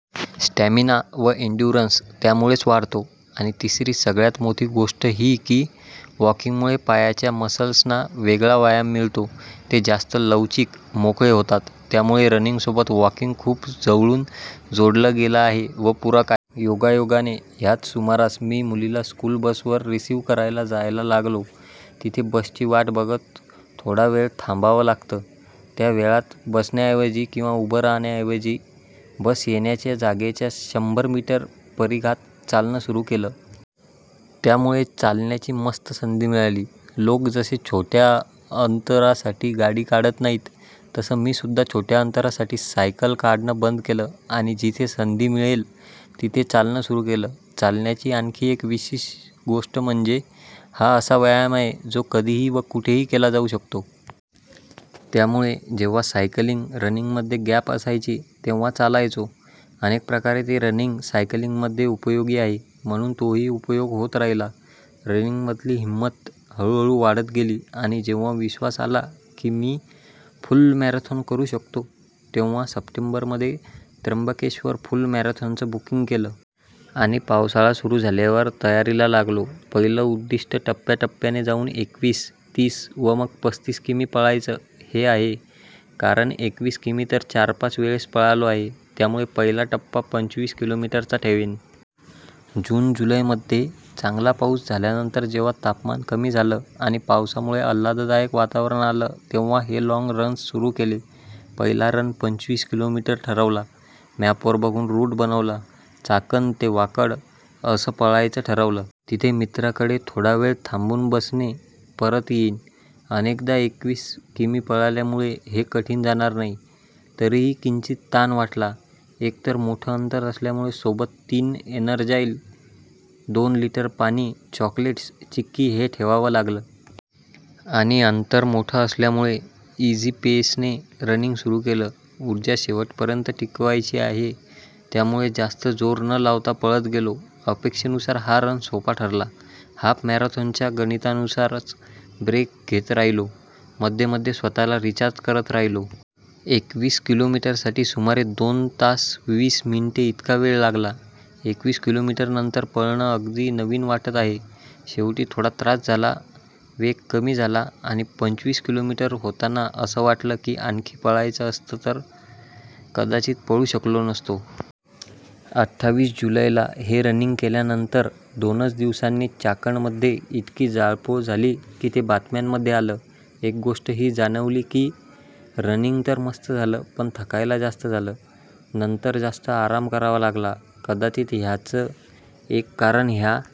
Stamina व endurance त्यामुळेच वाढतो. आणि तिसरी सगळ्यांत मोठी गोष्ट ही की, वॉकिंगमुळे पायाच्या मसल्सना वेगळा व्यायाम मिळतो, ते जास्त लवचिक, मोकळे होतात. त्यामुळे रनिंगसोबत वॉकिंग खूप जवळून जोडलं गेलं आहे व पूरक आहे. योगायोगाने ह्याच सुमारास मी मुलीला स्कूल बसवर रिसीव्ह करायला जायला लागलो. तिथे बसची वाट बघत थोडा वेळ थांबावं लागतं. त्या वेळात बसण्याऐवजी किंवा उभं राहण्याऐवजी बस येण्याच्या जागेच्या शंभर मीटर परिघात चालणं सुरू केलं. त्यामुळे चालण्याची मस्त संधी मिळाली. लोक जसे छोट्या अंतरासाठी गाडी काढत नाहीत, तसं मीसुद्धा छोट्या अंतरासाठी सायकल काढणं बंद केलं आणि जिथे संधी मिळेल, तिथे चालणं सुरू केलं. चालण्याची आणखी एक विशेष गोष्ट म्हणजे हा असा व्यायाम आहे, जो कधीही व कुठेही केला जाऊ शकतो. त्यामुळे जेव्हा सायकलिंग-रनिंगमध्ये गॅप असायची, तेव्हा चालायचो. अनेक प्रकारे ते रनिंग-सायकलिंगमध्ये उपयोगी आहे, म्हणून तोही उपयोग होत राहिला. रनिंगमधली हिंमत हळूहळू वाढत गेली. आणि जेव्हा विश्वास आला की, मी फुल मॅरेथॉन करू शकतो, तेव्हा सप्टेंबरमध्ये त्र्यंबकेश्वर फुल मॅरेथॉनचं बुकिंग केलं. आणि पावसाळा सुरू झाल्यावर तयारीला लागलो. पहिलं उद्दिष्ट टप्प्याटप्प्याने जाऊन एकवीस, तीस व मग पस्तीस किमी पळायचं, हे आहे. कारण एकवीस किमी तर चार-पाच वेळेस पळालो आहे. त्यामुळे पहिला टप्पा पंचवीस किलोमीटरचा ठेवेन. जून-जुलैमध्ये चांगला पाऊस झाल्यानंतर जेव्हा तापमान कमी झालं आणि पावसामुळे आल्हाददायक वातावरण आलं तेव्हा हे लाँग रन्स सुरू केले. पहिला रन पंचवीस किलोमीटर ठरवला. मॅपवर बघून रूट बनवला. चाकण ते वाकड असं पळायचं ठरवलं. तिथे मित्राकडे थोडा वेळ थांबून बसने परत येईन. अनेकदा एकवीस किमी पळाल्यामुळे हे कठीण जाणार नाही. तरीही किंचित ताण वाटला. एक तर मोठं अंतर असल्यामुळे सोबत तीन एनर्जाल, दोन लीटर पाणी, चॉकलेट्स, चिक्की हे ठेवावं लागलं. आणि अंतर मोठं असल्यामुळे इझी पेसने रनिंग सुरू केलं. ऊर्जा शेवटपर्यंत टिकवायची आहे, त्यामुळे जास्त जोर न लावता पळत गेलो. अपेक्षेनुसार हा रन सोपा ठरला. हाफ मॅरेथॉनच्या गणितानुसारच ब्रेक घेत राहिलो, मध्ये मध्ये स्वतःला रिचार्ज करत राहिलो. एकवीस किलोमीटरसाठी सुमारे दोन तास वीस मिनिटे इतका वेळ लागला. एकवीस किलोमीटरनंतर पळणं अगदी नवीन वाटत आहे. शेवटी थोडा त्रास झाला, वेग कमी झाला आणि पंचवीस किलोमीटर होताना असं वाटलं की, आणखी पळायचं असतं तर कदाचित पळू शकलो नसतो. अठ्ठावीस जुलैला हे रनिंग केल्यानंतर दोनच दिवसांनी चाकणमध्ये इतकी जाळपोळ झाली की ते बातम्यांमध्ये आलं. एक गोष्ट ही जाणवली की, रनिंग तर मस्त झालं पण थकायला जास्त झालं. नंतर जास्त आराम करावा लागला. कदाचित ह्याचं एक कारण ह्या